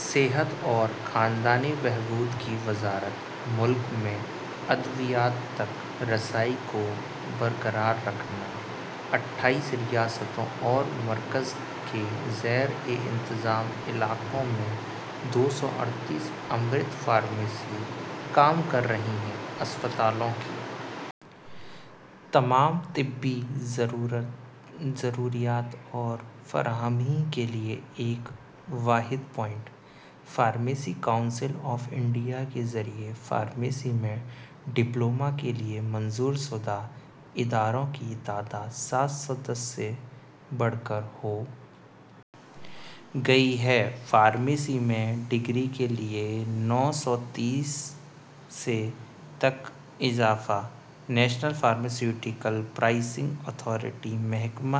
صحت اور خاندانی بہبود کی وزارت ملک میں ادویات تک رسائی کو برقرار رکھنا اٹھائیس ریاستوں مرکز کے زیر انتظام علاقوں میں دو سو اڑتیس امرت فارمیسی کام کر رہی ہے ہسپتالوں کی تمام طبی ضروریات کی فراہمی کے لیے ایک واحد point pharmacy council of India کے ذریعہ فارمیسی میں ڈپلومہ کے لیے منظور شدہ اداروں کی تعداد سات سو دس سے بڑھ کر ہو گئی ہے فارمیسی میں ڈگری کے لیے نو سو تیس سے تک اضافہ نیشنل فارماسیوٹیکل پرائسنگ اتھارٹی محکمہ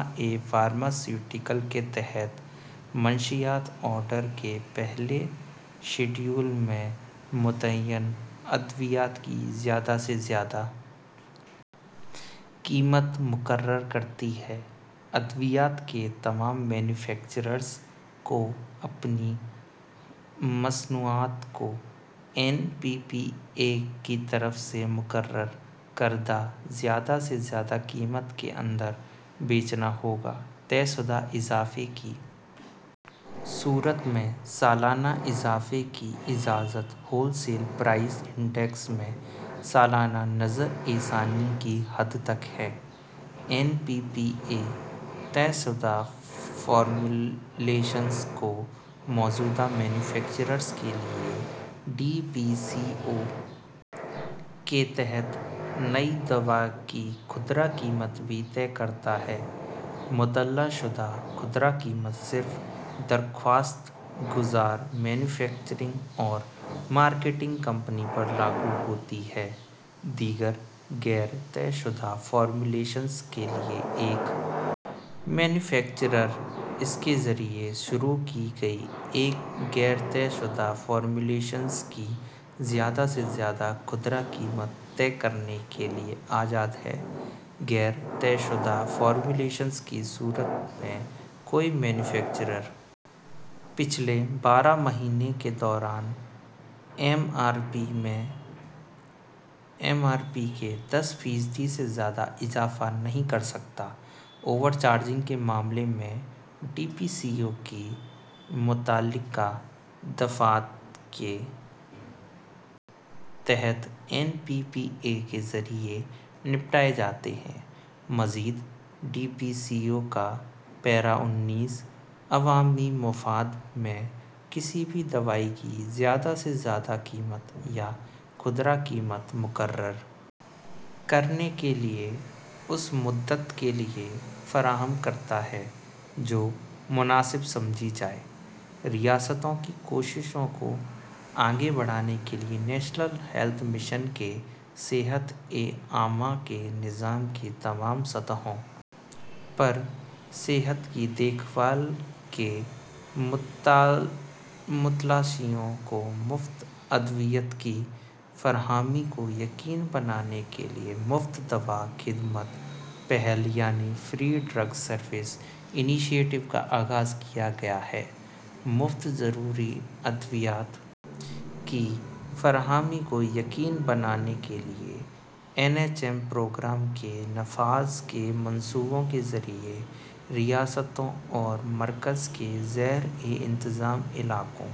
فارماسیوٹیکل کے تحت منشیات آرڈر کے پہلے شیڈول میں متعین ادویات کی زیادہ سے زیادہ قیمت مقرر کرتی ہے ادویات کے تمام مینوفیکچررز کو اپنی مصنوعات کو این پی پی اے کی طرف سے مقرر کردہ زیادہ سے زیادہ قیمت کے اندر بیچنا ہوگا طے شدہ اضافے کی صورت میں سالانہ اضافے کی اجازت ہول سیل پرائس انڈیکس میں سالانہ نظرثانی کی حد تک ہے این پی پی اے طے شدہ فارمولیشنز کے موجودہ مینوفیکچررز کے لیے ڈی پی سی او کے تحت نئی دوا کی خوردہ قیمت بھی طے کرتا ہے مطلع شدہ خوردہ قیمت صرف درخواست گزار مینوفیکچرنگ مارکیٹنگ کمپنیوں پر لاگو ہوتی ہے دیگر غیر طے شدہ فارمولیشنوں کے لیے ایک مینوفیکچرر اس کے ذریعہ شروع کی گئی ایک غیر طے شدہ فارمولیشن کی زیادہ سے زیادہ خوردہ قیمت طے کرنے کے لیے آزاد ہے غیر طے شدہ فارمولیشن کی صورت میں کوئی مینوفیکچرر پچھلے بارہ مہینوں کے دوران ایم آر پی میں ایم آر پی کے دس فیصد سے زیادہ اضافہ نہیں کر سکتا اوور چارجنگ کے معاملات ڈی پی سی او کی متعلقہ دفعات کے تحت این پی پی اے کے ذریعے نمٹائے جاتے ہیں مزید ڈی پی سی او کا پیرا انیس عوامی مفاد میں کسی بھی دوا کی زیادہ سے زیادہ قیمت یا خوردہ قیمت مقرر کرنے کے لیے اس مدت کے لیے فراہم کرتا ہے جو مناسب سمجھی جائے ریاستوں کی کوششوں کو آگے بڑھانے کے لیے نیشنل ہیلتھ مشن نے صحت عامہ کے نظام کی تمام سطحوں پر صحت کی دیکھ بھال کے متلاشیوں کو مفت ادویات کی فراہمی کو یقینی بنانے کے لیے مفت دوا خدمت پہل یعنی فری ڈرگز سروس انیشیٹو کا آغاز کیا ہے مفت ضروری ادویات کی فراہمی کو یقینی بنانے کے لیے این ایچ ایم پروگرام کے نفاذ کے منصوبوں کے ذریعے ریاستوں مرکز کے زیر انتظام علاقوں